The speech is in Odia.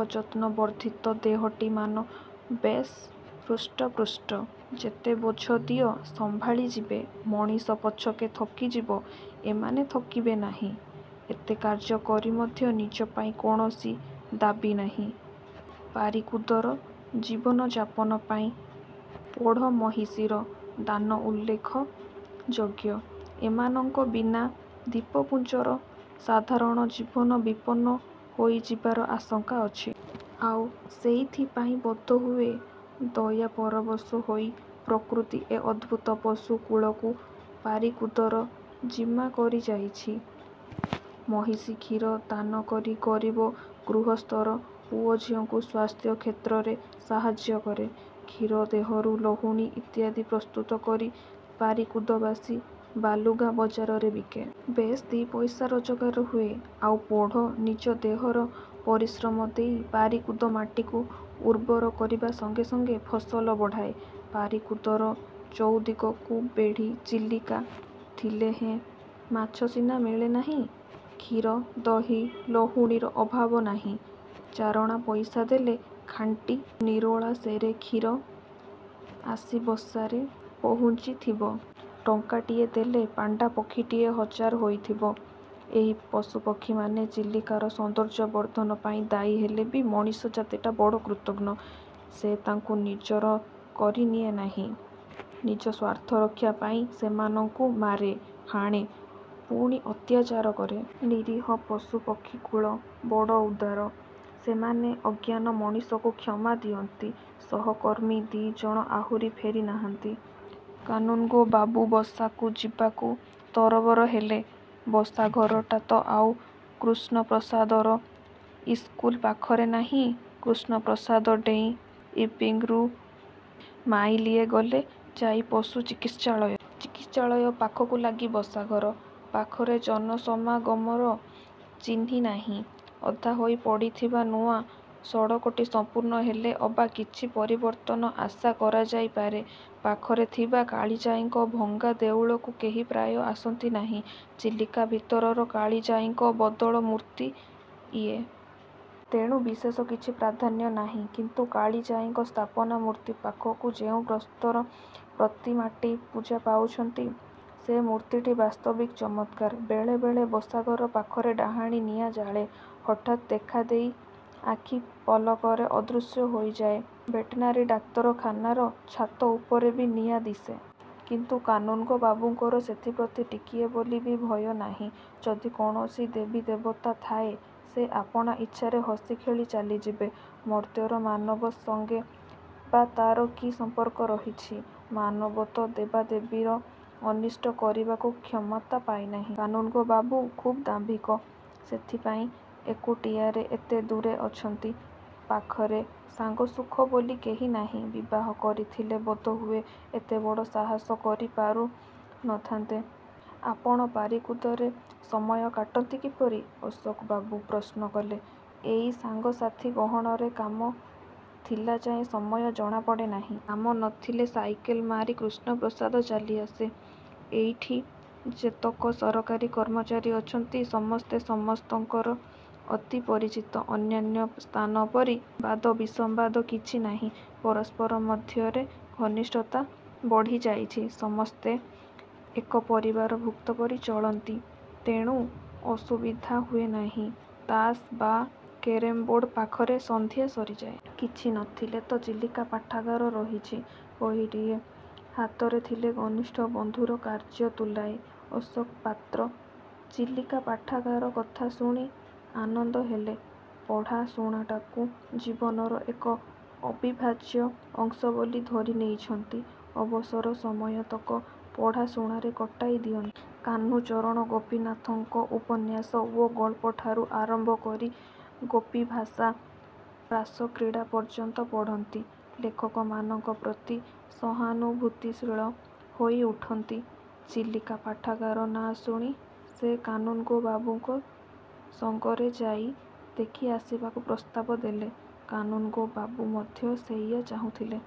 ଅଯତ୍ନ ବର୍ଦ୍ଧିତ ଦେହଟିମାନ ବେଶ୍ ହୃଷ୍ଟପୃଷ୍ଟ। ଯେତେ ବୋଝ ଦିଅ ସମ୍ଭାଳି ଯିବେ। ମଣିଷ ପଛକେ ଥକିଯିବ, ଏମାନେ ଥକିବେ ନାହିଁ। ଏତେ କାର୍ଯ୍ୟ କରି ମଧ୍ୟ ନିଜପାଇଁ କୌଣସି ଦାବୀନାହିଁ। ପାରିକୁଦର ଜୀବନଯାପନ ପାଇଁ ପୋଢ଼ ମହିଷୀର ଦାନ ଉଲ୍ଲେଖ ଯୋଗ୍ୟ। ଏମାନଙ୍କ ବିନା ଦୀପପୁଞ୍ଜର ସାଧାରଣ ଜୀବନ ବିପନ୍ନ ହୋଇଯିବାର ଆଶଙ୍କା ଅଛି। ଆଉ ସେଇଥିପାଇଁ ବୋଧହୁଏ ଦୟାପରବଶ ହୋଇ ପ୍ରକୃତି ଏ ଅଦ୍ଭୂତ ପଶୁ କୁଳକୁ ପାରିକୁଦର ଜିମା କରି ଯାଇଛି! ମହିଷୀ କ୍ଷୀର ଦାନ କରି ଗରୀବ ଗୃହସ୍ଥର ପୁଅଝିଅଙ୍କୁ ସ୍ୱାସ୍ଥ୍ୟ କ୍ଷେତ୍ରରେ ସାହାଯ୍ୟ କରେ। କ୍ଷୀର ଦେହରୁ ଲହୁଣୀ ଇତ୍ୟାଦି ପ୍ରସ୍ତୁତ କରି ପାରିକୁଦବାସୀ ବାଲୁଗାଁ ବଜାରରେ ବିକେ। ବେଶ୍ ଦି'ପଇସା ରୋଜଗାର ହୁଏ। ଆଉ ପୋଢ଼ ନିଜ ଦେହର ପରିଶ୍ରମ ଦେଇ ପାରିକୁଦ ମାଟିକୁ ଉର୍ବର କରିବା ସଙ୍ଗେ ସଙ୍ଗେ ଫସଲ ବଢ଼ାଏ। ପାରିକୁଦର ଚଉଦିଗକୁ ବେଢ଼ି ଚିଲିକା ଥିଲେହେଁ ମାଛ ସିନା ମିଳେନାହିଁ, କ୍ଷୀର, ଦହି, ଲହୁଣୀର ଅଭାବ ନାହିଁ। ଚାରଣା ପଇସା ଦେଲେ ଖାଣ୍ଟି ନିରୋଳା ସେରେ କ୍ଷୀର ଆସି ବସାରେ ପହୁଞ୍ଚିଥିବ। ଟଙ୍କାଟିଏ ଦେଲେ ପାଣ୍ଡା ପକ୍ଷୀଟିଏ ହଜାର ହୋଇଥିବ। ଏହି ପଶୁ ପକ୍ଷୀମାନେ ଚିଲିକାର ସୌନ୍ଦର୍ଯ୍ୟ ବର୍ଦ୍ଧନ ପାଇଁ ଦାୟୀହେଲେ ବି ମଣିଷ ଜାତିଟା ବଡ଼ କୃତଘ୍ନ। ସେ ତାଙ୍କୁ ନିଜର କରି ନିଏନାହିଁ। ନିଜ ସ୍ୱାର୍ଥରକ୍ଷା ପାଇଁ ସେମାନଙ୍କୁ ମାରେ ହାଣେ ପୁଣି ଅତ୍ୟାଚାର କରେ। ନିରୀହ ପଶୁ ପକ୍ଷୀକୁଳ ବଡ଼ ଉଦାର! ସେମାନେ ଅଜ୍ଞାନ ମଣିଷକୁ କ୍ଷମା ଦିଅନ୍ତି। ସହକର୍ମୀ ଦି'ଜଣ ଆହୁରି ଫେରି ନାହାନ୍ତି? କାନୁନ୍ଗୋ ବାବୁ ବସାକୁ ଯିବାକୁ ତରବର ହେଲେ। ବସାଘରଟା ତ ଆଉ କୃଷ୍ଣପ୍ରସାଦର ଇସ୍କୁଲ ପାଖରେ ନାହିଁ! କୃଷ୍ଣପ୍ରସାଦ ଡେଇଁ ଇପିଙ୍ଗରୁ ମାଇଲିଏ ଗଲେ ଯାଇ ପଶୁ ଚିକିତ୍ସାଳୟ। ଚିକିତ୍ସାଳୟ ପାଖକୁ ଲାଗି ବସାଘର। ପାଖରେ ଜନସମାଗମର ଚିହ୍ନି ନାହିଁ। ଅଧାହୋଇ ପଡ଼ିଥିବା ନୂଆ ସଡ଼କଟି ସଂପୂର୍ଣ୍ଣ ହେଲେ ଅବା କିଛି ପରିବର୍ତ୍ତନ ଆଶା କରାଯାଇ ପାରେ! ପାଖରେ ଥିବା କାଳିଜାଈଙ୍କ ଭଙ୍ଗା ଦେଉଳକୁ କେହି ପ୍ରାୟ ଆସନ୍ତି ନାହିଁ। ଚିଲିକା ଭିତରର କାଳିଜାଈଙ୍କ ବଦଳ ମୂର୍ତ୍ତି ଇଏ। ତେଣୁ ବିଶେଷ କିଛି ପ୍ରାଧାନ୍ୟ ନାହିଁ। କିନ୍ତୁ କାଳିଜାଈଙ୍କ ସ୍ଥାପନା ମୂର୍ତ୍ତି ପାଖକୁ ଯେଉଁ ପ୍ରସ୍ତର ପ୍ରତିମାଟି ପୂଜା ପାଉଛନ୍ତି, ସେ ମୂର୍ତ୍ତିଟି ବାସ୍ତବିକ ଚମତ୍କାର। ବେଳେ ବେଳେ ବସାଘର ପାଖରେ ଡାହାଣୀ ନିଆଁ ଜାଳେ। ହଠାତ୍ ଦେଖାଦେଇ ଆଖି ପଲକରେ ଅଦୃଶ୍ୟ ହୋଇଯାଏ। ଭେଟନାରୀ ଡାକ୍ତରଖାନାର ଛାତ ଉପରେ ବି ନିଆଁ ଦିଶେ। କିନ୍ତୁ କାନୁନ୍ଗୋ ବାବୁଙ୍କର ସେଥିପ୍ରତି ଟିକିଏ ବୋଲି ବି ଭୟ ନାହିଁ। ଯଦି କୌଣସି ଦେବୀ ଦେବତା ଥାଏ, ସେ ଆପଣା ଇଚ୍ଛାରେ ହସି ଖେଳି ଚାଲିଯିବେ। ମର୍ତ୍ତ୍ୟର ମାନବ ସଙ୍ଗେ ବା ତାର କି ସଂପର୍କ ରହିଛି? ମାନବ ତ ଦେବାଦେବୀର ଅନିଷ୍ଟ କରିବାକୁ କ୍ଷମତା ପାଇନାହିଁ। କାନୁନ୍ଗୋବାବୁ ଖୁବ୍ ଦାମ୍ଭୀକ। ସେଥିପାଇଁ ଏକୁଟିଆରେ ଏତେ ଦୂରେ ଅଛନ୍ତି। ପାଖରେ ସାଙ୍ଗସୁଖ ବୋଲି କେହି ନାହିଁ। ବିବାହ କରିଥିଲେ ବୋଧହୁଏ ଏତେ ବଡ଼ ସାହାସ କରି ପାରୁ ନ ଥାନ୍ତେ। ଆପଣ ପାରିକୁଦରେ ସମୟ କାଟନ୍ତି କିପରି? ଅଶୋକବାବୁ ପ୍ରଶ୍ନ କଲେ। ଏଇ ସାଙ୍ଗ ସାଥି ଗହଣରେ କାମ ଥିଲାଯାଏ ସମୟ ଜଣାପଡ଼େ ନାହିଁ। କାମ ନ ଥିଲେ ସାଇକେଲ ମାରି କୃଷ୍ଣପ୍ରସାଦ ଚାଲିଆସେ। ଏଇଠି ଯେତକ ସରକାରୀ କର୍ମଚାରୀ ଅଛନ୍ତି, ସମସ୍ତେ ସମସ୍ତଙ୍କର ଅତି ପରିଚିତ। ଅନ୍ୟାନ୍ୟ ସ୍ଥାନପରି ବାଦବିସମ୍ବାଦ କିଛି ନାହିଁ। ପରସ୍ପର ମଧ୍ୟରେ ଘନିଷ୍ଠତା ବଢ଼ିଯାଇଛି। ସମସ୍ତେ ଏକ ପରିବାରଭୁକ୍ତପରି ଚଳନ୍ତି। ତେଣୁ ଅସୁବିଧା ହୁଏନାହିଁ। ତାସ୍ ବା କେରମ୍ବୋର୍ଡ଼ ପାଖରେ ସନ୍ଧ୍ୟା ସରିଯାଏ। କିଛି ନ ଥିଲେ ତ 'ଚିଲିକା ପାଠାଗାର' ରହିଛି! ବହିଟିଏ। ହାତରେ ଥିଲେ ଘନିଷ୍ଠ ବନ୍ଧୁର କାର୍ଯ୍ୟ ତୁଲାଏ। ଅଶୋକ ପାତ୍ର ଚିଲିକା ପାଠାଗାର କଥା ଶୁଣି ଆନନ୍ଦ ହେଲେ। ପଢ଼ା ଶୁଣାଟାକୁ ଜୀବନର ଏକ ଅବିଭାଜ୍ୟ ଅଂଶ ବୋଲି ଧରିନେଇଛନ୍ତି। ଅବସର ସମୟତକ ପଢ଼ାଶୁଣାରେ କଟାଇ ଦିଅ କାହ୍ନୁଚରଣ, ଗୋପିନାଥଙ୍କ ଉପନ୍ୟାସ ଓ ଗଳ୍ପଠାରୁ ଆରମ୍ଭ କରି ଗୋପିଭାଷା, ରାସକ୍ରୀଡ଼ା ପର୍ଯ୍ୟନ୍ତ ପଢ଼ନ୍ତି। ଲେଖକମାନଙ୍କ ପ୍ରତି ସହାନୁଭୂତିଶୀଳ ହୋଇ ଉଠନ୍ତି। 'ଚିଲିକା ପାଠାଗାର' ନାଁ ଶୁଣି ସେ କାନୁନ୍ଗୋ ବାବୁଙ୍କ ସଙ୍ଗରେ ଯାଇ ଦେଖିଆସିବାକୁ ପ୍ରସ୍ତାବ ଦେଲେ। କାନୁନ୍ଗୋବାବୁ ମଧ୍ୟ ସେଇଆ ଚାହୁଁଥିଲେ।